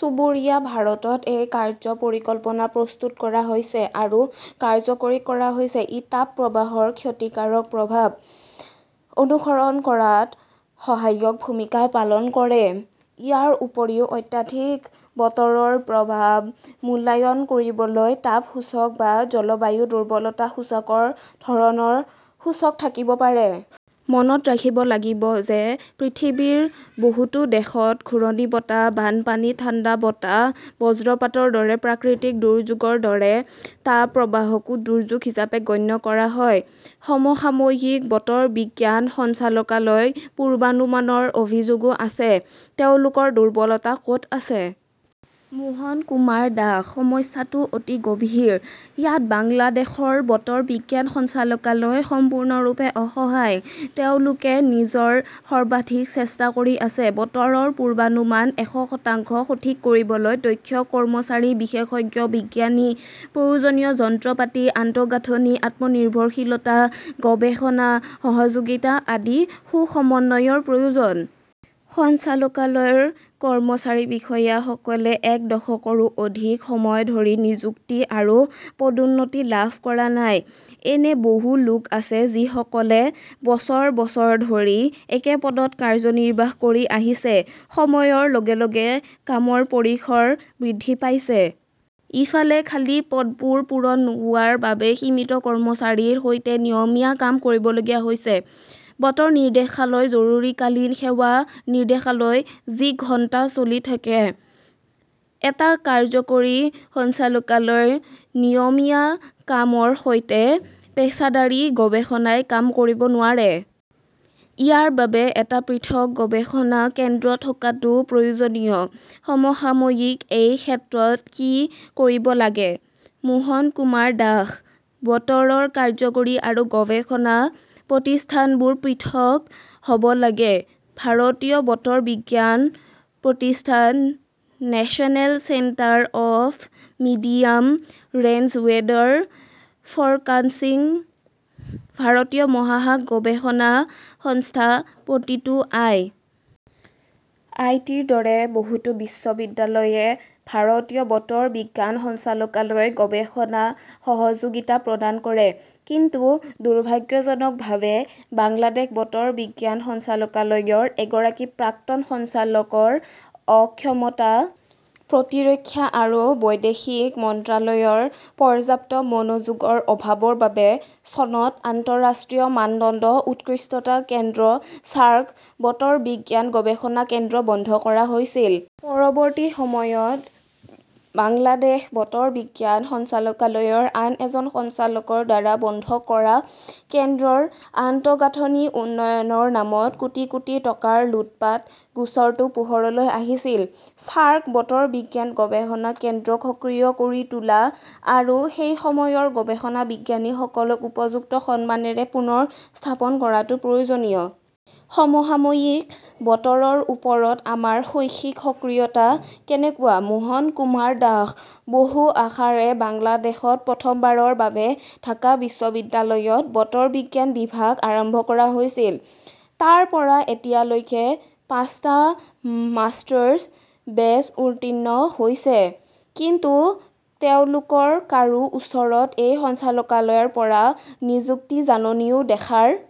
চুবুৰীয়া ভাৰতত এই কাৰ্য্য পৰিকল্পনা প্ৰস্তুত কৰা হৈছে আৰু কাৰ্যকৰী কৰা হৈছে। ই তাপ প্ৰবাহৰ ক্ষতিকাৰক প্ৰভাৱ অনুসৰণ কৰাত সহায়ক ভূমিকা পালন কৰে। ইয়াৰ উপৰিও, অত্যাধিক বতৰৰ প্ৰভাৱ মূল্যায়ন কৰিবলৈ তাপ সূচক বা জলবায়ু দুৰ্বলতা সূচকৰ ধৰণৰ সূচক থাকিব পাৰে। মনত ৰাখিব লাগিব যে পৃথিৱীৰ বহুতো দেশত ঘূৰ্ণীবতাহ, বানপানী, ঠাণ্ডা বতাহ, বজ্ৰপাতৰ দৰে প্ৰাকৃতিক দুৰ্যোগৰ দৰে তাপ প্ৰবাহকো দুৰ্যোগ হিচাপে গণ্য কৰা হয়। সমসাময়িকঃ বতৰ বিজ্ঞান সঞ্চালকালয়ৰ পূৰ্বানুমানৰ অভিযোগও আছে। তেওঁলোকৰ দুৰ্বলতা ক "ত আছে? মোহন কুমাৰ দাসঃ সমস্যাটো অতি গভীৰ, ইয়াত বাংলাদেশৰ বতৰ বিজ্ঞান সঞ্চালকালয় সম্পূৰ্ণৰূপে অসহায়। তেওঁলোকে নিজৰ সৰ্বাধিক চেষ্টা কৰি আছে। বতৰৰ পূৰ্বানুমান এশ শতাংশ সঠিক কৰিবলৈ দক্ষ কৰ্মচাৰী, বিশেষজ্ঞ বিজ্ঞানী, প্ৰয়োজনীয় যন্ত্ৰপাতি, আন্তঃগাঁথনি, আত্মনিৰ্ভৰশীলতা, গৱেষণা সহযোগিতা আদিৰ সু-সমন্বয়ৰ প্ৰয়োজন। সঞ্চালকালয়ৰ কৰ্মচাৰী-বিষয়াসকলে এক দশকৰো অধিক সময় ধৰি নিযুক্তি আৰু পদোন্নতি লাভ কৰা নাই। এনে বহু লোক আছে যিসকলে বছৰ বছৰ ধৰি একে পদত কাৰ্যনিৰ্বাহ কৰি আহিছে। সময়ৰ লগে লগে কামৰ পৰিসৰ বৃদ্ধি পাইছে! ইফালে, খালী পদবোৰ পূৰণ নোহোৱাৰ বাবে সীমিত কৰ্মচাৰীৰ সৈতে নিয়মীয়া কাম কৰিবলগীয়া হৈছে। বতৰ নিৰ্দেশালয় জৰুৰীকালীন সেৱা নিৰ্দেশালয় যি ঘণ্টা চলি থাকে। এটা কাৰ্য্যকৰী সঞ্চালকালয়ৰ নিয়মীয়া কামৰ সৈতে পেছাদাৰী গৱেষণাই কাম কৰিব নোৱাৰে! ইয়াৰ বাবে এটা পৃথক গৱেষণা কেন্দ্ৰ থকাটো প্ৰয়োজনীয়। সমসাময়িকঃ এই ক্ষেত্ৰত কি কৰিব লাগে? মোহন কুমাৰ দাশঃ বতৰৰ কাৰ্য্যকৰী আৰু গৱেষণা প্ৰতিষ্ঠানবোৰ পৃথক হ 'ব লাগে। ভাৰতীয় বতৰ বিজ্ঞান প্ৰতিষ্ঠান, National Centre for Medium Range Weather Forecasting, ভাৰতীয় মহাকাশ গৱেষণা সংস্থা, প্ৰতিটো আই. আই. টি. -ৰ দৰে বহুতো বিশ্ববিদ্যালয়ে ভাৰতীয় বতৰ বিজ্ঞান সঞ্চালকালয়ক গৱেষণা সহযোগিতা প্ৰদান কৰে। কিন্তু দুৰ্ভাগ্যজনকভাৱে, বাংলাদেশ বতৰ বিজ্ঞান সঞ্চালকালয়ৰ এগৰাকী প্ৰাক্তন সঞ্চালকৰ অক্ষমতা, প্ৰতিৰক্ষা আৰু বৈদেশিক মন্ত্ৰালয়ৰ পৰ্যাপ্ত মনোযোগৰ অভাৱৰ বাবে চনত আন্তঃৰাষ্ট্ৰীয় মানদণ্ডৰ 'উৎকৃষ্টতা কেন্দ্ৰ' চাৰ্ক বতৰ বিজ্ঞান গৱেষণা কেন্দ্ৰ বন্ধ কৰা হৈছিল। পৰৱৰ্তী সময়ত বাংলাদেশ বতৰ বিজ্ঞান সঞ্চালকালয়ৰ আন এজন সঞ্চালকৰ দ্বাৰা বন্ধ কৰা কেন্দ্ৰৰ আন্তঃগাঁথনি উন্নয়নৰ নামত কোটি কোটি টকাৰ লুটপাটৰ গোচৰটো পোহৰলৈ আহিছিল। চাৰ্ক বতৰ বিজ্ঞান গৱেষণা কেন্দ্ৰক সক্ৰিয় কৰি তোলা আৰু সেই সময়ৰ গৱেষণা বিজ্ঞানীসকলক উপযুক্ত সন্মানৰে পুনৰ স্থাপন কৰাটো প্ৰয়োজনীয়। সমসাময়িকঃ বতৰৰ ওপৰত আমাৰ শৈক্ষিক সক্ৰিয়তা কেনেকুৱা? মোহন কুমাৰ দাশঃ বহু আশাৰে বাংলাদেশত প্ৰথমবাৰৰ বাবে ঢাকা বিশ্ববিদ্যালয়ত 'বতৰ বিজ্ঞান "বিভাগ আৰম্ভ কৰা হৈছিল। তাৰ পৰা এতিয়ালৈকে পাঁচটা মাষ্টাৰ্ছ বেচ উত্তীৰ্ণ হৈছে। কিন্তু তেওঁলোকৰ কাৰো ওচৰত এই সঞ্চালকালয়ৰ পৰা নিযুক্তিৰ জাননীও দেখাৰ